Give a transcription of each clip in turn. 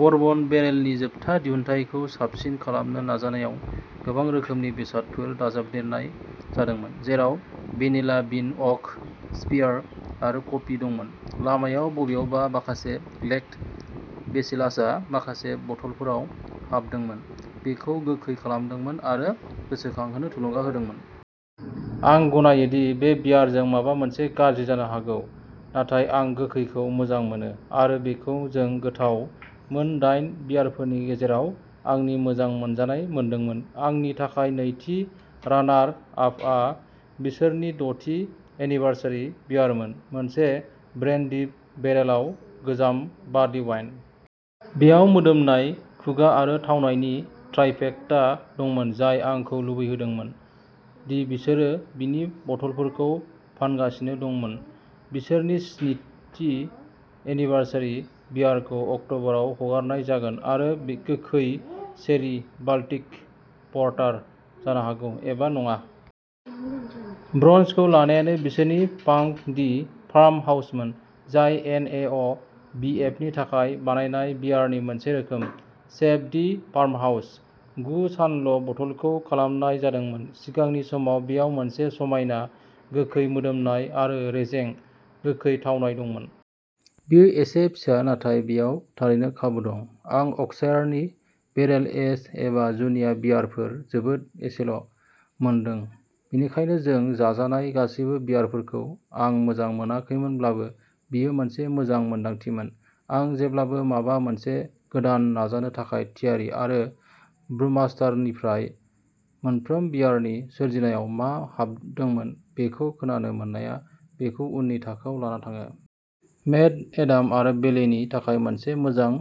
Bourbon बेरेलनि जोबथा दिहुनथायखौ साबसिन खालामनो नाजानायाव गोबां रोखोमनि बेसादफोर दाजाबदेरनाय जादोंमोन, जेराव भेनिला बिन अक स्पायर आरो कफि दंमोन। लामायाव बबेयावबा माखासे लेक्ट' बेसिलासआ माखासे बथलफोराव हाबदोंमोन, बेखौ गोखै खालामदोंमोन आरो गोसोखांहोनो थुलुंगा होदोंमोन। आं गनायो दि बे बियारजों माबा मोनसे गाज्रि जानो हागौ, नाथाय आं गोखैखौ मोजां मोनो आरो बेखौ जों गोथाव मोन दाइन बियारफोरनि गेजेराव आंनि मोजां मोनजानाय मोनदोंमोन। आंनि थाखाय नैथि रानार आपआ बिसोरनि दथि एनिभार्सारि बियारमोन मोनसे ब्रेन्डी बेरेलाव गोजाम बार्लिवाइन। बेयाव मोदोमनाय, खुगा आरो थावनायनि ट्राइफेक्टा दंमोन जाय आंखौ लुबैहोदोंमोन दि बिसोरो बेनि बथलफोरखौ फानगासिनो दंमोन। बिसोरनि स्नि थि एनिभार्सारि बियारखौ अक्टबराव हगारनाय जागोन आरो गोखै चेरी बाल्टिक पर्टार जानो हागौ । एबा नङा। ब्रन्जखौ लानायानो बिसोरनि फांक दि फार्म हाउसमोन, जाय एन ए अ बि एफनि थाखाय बानायनाय बियारनि मोनसे रोखोम, सेभ दि फार्महाउस। गु सानल' बथलखौ खालामनाय जादोंमोन। सिगांनि समाव बेयाव मोनसे समायना गोखै मोदोमनाय आरो रेजें, गोखै थावनाय दंमोन। बेयो एसे फिसा नाथाय बेयाव थारैनो खाबु दं। आं अक्सायारनि बेरेल एज एबा जुनिया बियारफोर जोबोद एसेल' मोनदों बेनिखायनो जों जाजानाय गासैबो बियारफोरखौ आं मोजां मोनाखैमोनब्लाबो बेयो मोनसे मोजां मोन्दांथिमोन। आं जेब्लाबो माबा मोनसे गोदान नाजानो थाखाय थियारि आरो ब्रुमाष्टारनिफ्राय मोनफ्रोम बियारनि सोरजिनायाव मा हाबदोंमोन बेखौ खोनानो मोननाया बेखौ उननि थाखोआव लाना थाङो। मेट, एडाम आरो बेलीनि थाखाय मोनसे मोजां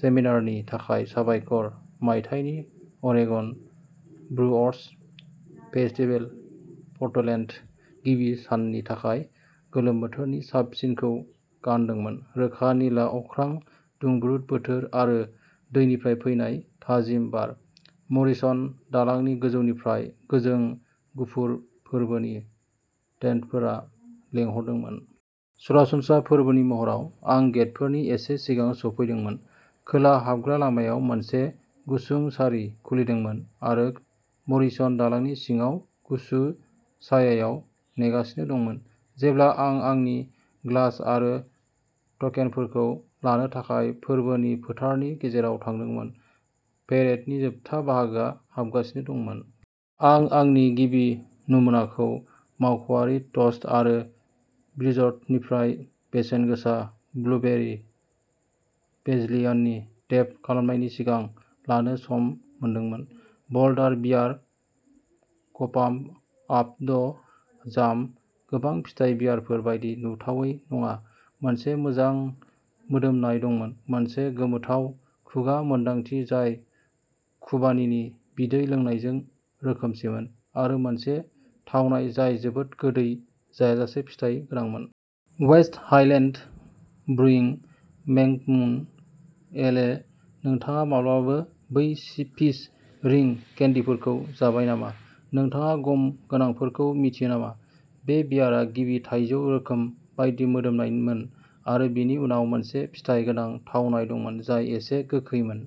सेमिनारनि थाखाय साबायखर मायथाइनि अरेगन ब्रुअर्स फेस्टिभेल पर्टलेन्डनि गिबि साननि थाखाय गोलोम बोथोरनि साबसिनखौ गानदोंमोन रोखा निला अख्रां, दुंब्रुद बोथोर आरो दैनिफ्राय फैनाय थाजिम बार। मरिसन दालांनि गोजौनिफ्राय गोजों गुफुर फोरबोनि टेन्टफोरा लेंहरदोंमोन। सरासनस्रा फोरबोनि महराव, आं गेटफोरनि एसे सिगां सौफैदोंमोन। खोला हाबग्रा लामायाव मोनसे गुसुं सारि खुलिदोंमोन आरो मरिसन दालांनि सिङाव गुसु सायायाव नेगासिनो दंमोन। जेब्ला आं आंनि ग्लास आरो टकेनफोरखौ लानो थाखाय फोरबोनि फोथारनि गेजेराव थांदोंमोन, पेरेडनि जोबथा बाहागोआ हाबगासिनो दंमोन। आं आंनि गिबि नमुनाखौ मावख'आरि ट'स्ट आरो ब्रिजप'र्टनिफ्राय बेसेनगोसा ब्लुबेरि बेल्जियननि टेप खालामनायनि सिगां लानो सम मोनदोंमोन। ब'ल्डार बियार क'पाम्प आप द जाम गोबां फिथाइ बियारफोर बायदि नुथावै नङा, मोनसे मोजां मोदोमनाय दंमोन, मोनसे गोमोथाव खुगा मोनदांथि जाय खुबानीनि बिदै लोंनायजों रोखोमसेमोन आरो मोनसे थावनाय जाय जोबोद गोदै जायाजासे फिथाइ गोनांमोन। वेस्ट हाइलेन्ड ब्रुइं मेंग'मुन एले नोंथाङा माब्लाबाबो बै पिच रिं केन्डिफोरखौ जाबाय नामा? नोंथाङा गम गोनांफोरखौ मिथियो नामा? बे बियारआ बिनि थाइजौ रोखोम बायदि मोदोमनायमोन आरो बेनि उनाव मोनसे फिथाइ गोनां थावनाय दंमोन जाय एसे गोखैमोन।